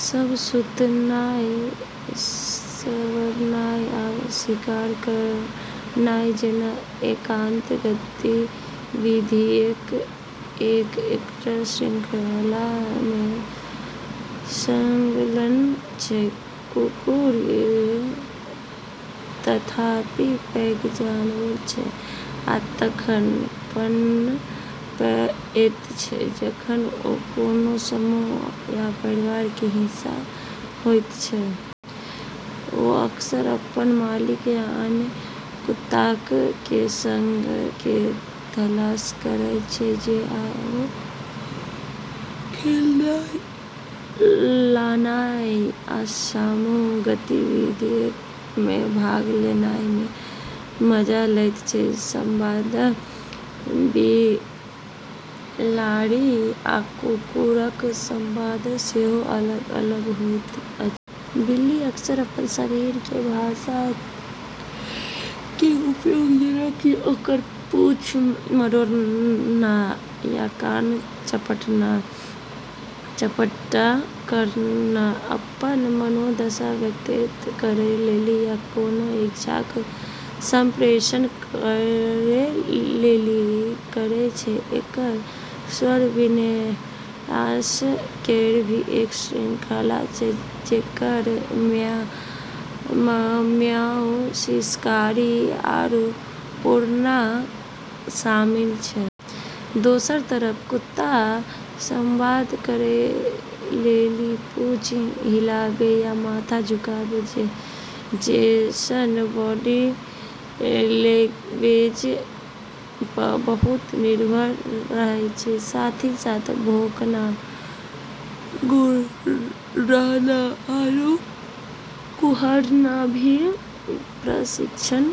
सब सुतनाय, संवारनाय, आ शिकार करनाय जैना एकांत गतिविधियक कें एकटा श्रृंखला मे संलग्न छै। कुकुर, तथापि, पैक जानवर छै, आ तखन पनपएयत छै जखन ओ कोनो समूह या परिवार के हिस्सा होयत छै। ओ अक्सर अपन मालिक या अन्य कुत्ताक के संगत के तलाश करएयत छै ।आ खेलनाय, लानाय आ समूह गतिविधियक मे भाग लेनाय मे मजा लैत छै ।संवाद: बिलाड़ि आ कुकुरक संवाद सेहो अलग-अलग होइत अछि। बिल्ली अक्सर अपनऽ शरीर के भाषा के उपयोग, जेना कि ओकरऽ पूंछ मरोड़ना या कान चपटा करना, अपनऽ मनोदशा व्यक्त करै लेली या कोनों इच्छाक संप्रेषण करै लेली करै छै। एकरऽ स्वर-विन्यास केरऽ भी एक श्रृंखला छै, जेकरा मऽ म्याऊ, सिसकारी, आरू पुरना शामिल छै। दोसरऽ तरफ कुत्ता संवाद करै लेली पूँछ हिलाबै या माथा झुकाबै जैसनऽ बॉडी लैंग्वेज पऽ बहुत निर्भर रहै छै, साथ ही साथ भौंकना, गुर्राना, आरू कुहरना भी। प्रशिक्षण: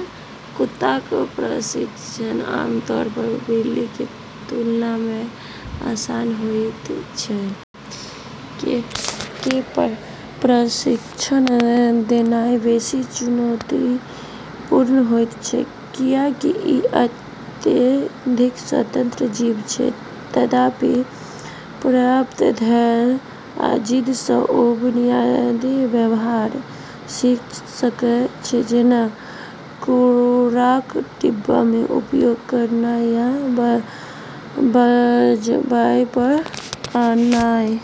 कुत्ताक प्रशिक्षण आमतौर पर बिल्ली के तुलना मे आसान होयत छै। के प्रशिक्षण देनाय बेसि चुनौतीपूर्ण होयत छै, कियाकि इ अत्यधिक स्वतंत्र जीव छै ।तथापि, पर्याप्त धैर्य आ जिद्द सऽ ओ बुनियादी व्यवहार सीख सकय छै जेना कूड़ाक डिब्बा के उपयोग करनाय या बजावय पर आनाय।